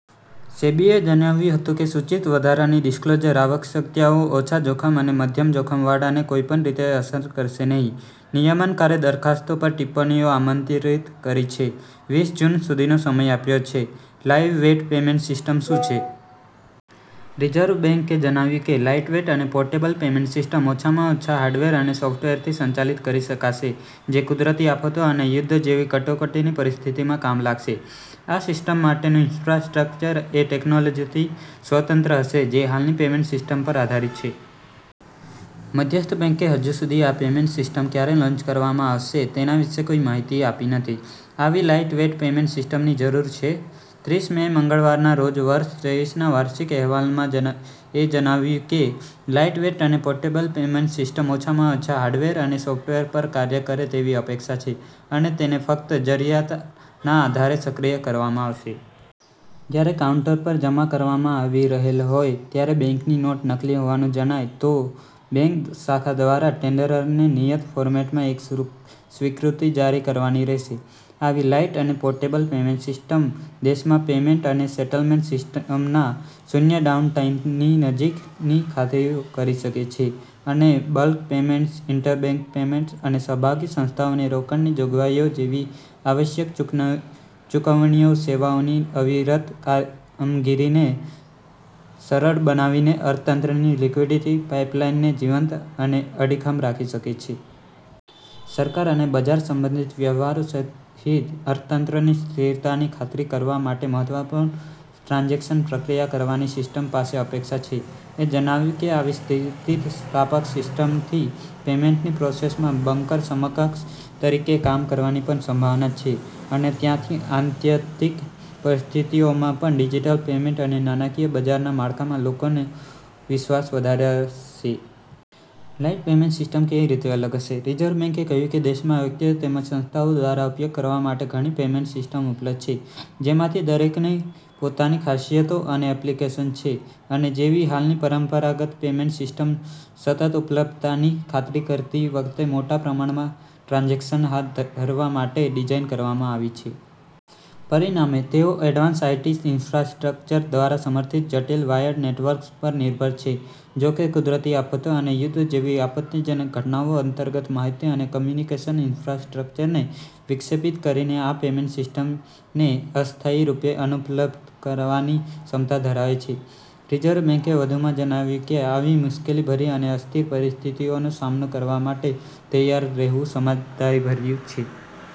સેબીએ જણાવ્યું હતું કે સૂચિત વધારાની ડિસ્ક્લોઝર આવશ્યકતાઓ ઓછા-જોખમ અને મધ્યમ-જોખમવાળા ને કોઈપણ રીતે અસર કરશે નહીં. નિયમનકારે દરખાસ્તો પર ટિપ્પણીઓ આમંત્રિત કરી છે, વીસ જૂન સુધીનો સમય આપ્યો છે. લાઇટવેઇટ પેમેન્ટ સિસ્ટમ શું છે? રિઝર્વ બેંકે જણાવ્યું કે, લાઇટવેઇટ અને પોર્ટેબલ પેમેન્ટ સિસ્ટમ ઓછામાં ઓછા હાર્ડવેર અને સોફ્ટવેરથી સંચાલિત કરી શકાશે, જે કુદરતી આફતો અને યુદ્ધ જેવી કટોકટીની પરિસ્થિતિમાં કામ લાગશે. આ સિસ્ટમ માટેનું ઈન્ફ્રાસ્ટ્રક્ચર એ ટેકનોલોજીથી સ્વતંત્ર હશે જે હાલની પેમેન્ટ સિસ્ટમ પર આધારિત છે. મધ્યસ્થ બેંકે હજુ સુધી આ પેમેન્ટ સિસ્ટમ ક્યારે લોન્ચ કરવામાં આવશે તેના વિશે કોઇ માહિતી આપી નથી. આવી લાઇટવેઇટ પેમેન્ટ સિસ્ટમની શું જરૂર છે? ત્રીસ મે, મંગળવારના રોજ વર્ષ ત્રેવીસના વાર્ષિક અહેવાલમાં એ જણાવ્યું કે, લાઇટવેઇટ અને પોર્ટેબલ પેમેન્ટ સિસ્ટમ ઓછામાં ઓછા હાર્ડવેર અને સૉફ્ટવેર પર કાર્ય કરે તેવી અપેક્ષા છે અને તેને ફક્ત "જરૂરિયાતના આધારે" સક્રિય કરવામાં આવશે. જ્યારે કાઉન્ટર પર જમા કરવામાં આવી રહી હોય ત્યારે બેંકની નોટ નકલી હોવાનું જણાય તો બેંક શાખા દ્વારા ટેન્ડરરને નિયત ફોર્મેટમાં એક સ્વીકૃતિ જારી કરવાની રહેશે. "આવી લાઇટ અને પોર્ટેબલ પેમેન્ટ સિસ્ટમ દેશમાં પેમેન્ટ અને સેટલમેન્ટ સિસ્ટમના શૂન્ય ડાઉનટાઇમની નજીકની ખાતરી કરી શકે છે અને બલ્ક પેમેન્ટ્સ, ઇન્ટરબેંક પેમેન્ટ્સ અને સહભાગી સંસ્થાઓને રોકડની જોગવાઈઓ જેવી આવશ્યક ચુકવણી સેવાઓની અવિરત કામગીરીને સરળ બનાવીને અર્થતંત્રની લિક્વિડિટી પાઇપલાઇનને જીવંત અને અડીખમ રાખી શકે છે. સરકાર અને બજાર સંબંધિત વ્યવહારો સહિત અર્થતંત્રની સ્થિરતાની ખાતરી કરવા માટે મહત્વપૂર્ણ ટ્રાન્ઝેક્શન પ્રક્રિયા કરવાની સિસ્ટમ પાસે અપેક્ષા છે. એ જણાવ્યું કે, "આવી સ્થિતિસ્થાપક સિસ્ટમથી પેમેન્ટની પ્રોસેસમાં બંકર સમકક્ષ તરીકે કામ કરવાની પણ સંભાવના છે અને ત્યાંથી આત્યંતિક પરિસ્થિતિઓમાં પણ ડિજિટલ પેમેન્ટ અને નાણાકીય બજારના માળખામાં લોકોનો વિશ્વાસ વધારશે. " લાઇટ પેમેન્ટ સિસ્ટમ કેવી રીતે અલગ હશે? રિઝર્વ બેંકે કહ્યું કે, દેશમાં વ્યક્તિઓ તેમજ સંસ્થાઓ દ્વારા ઉપયોગ કરવા માટે ઘણી પેમેન્ટ સિસ્ટમ્સ ઉપલબ્ધ છે, જેમાંથી દરેકની પોતાની ખાસિયતો અને એપ્લિકેશન છે અને જેવી હાલની પરંપરાગત પેમેન્ટ સિસ્ટમ્સ સતત ઉપલબ્ધતાની ખાતરી કરતી વખતે મોટા પ્રમાણમાં ટ્રાન્ઝેક્શન હાથ ધરવા માટે ડિઝાઇન કરવામાં આવી છે. પરિણામે, તેઓ એડવાન્સ્ડ આઇટી ઇન્ફ્રાસ્ટ્રક્ચર દ્વારા સમર્થિત જટિલ વાયર્ડ નેટવર્ક્સ પર નિર્ભર છે. "જો કે, કુદરતી આફતો અને યુદ્ધ જેવી આપત્તિજનક ઘટનાઓ અંતર્ગત માહિતી અને કોમ્યુનિકેશન ઇન્ફ્રાસ્ટ્રક્ચરને વિક્ષેપિત કરીને આ પેમેન્ટ સિસ્ટમને અસ્થાયી રૂપે અનુપલબ્ધ કરવાની ક્ષમતા ધરાવે છે," રિઝર્વ બેંકે વધુમાં જણાવ્યું કે, આવી મુશ્કેલીભરી અને અસ્થિર પરિસ્થિતિઓનો સામનો કરવા માટે તૈયાર રહેવું સમજદારીભર્યું છે.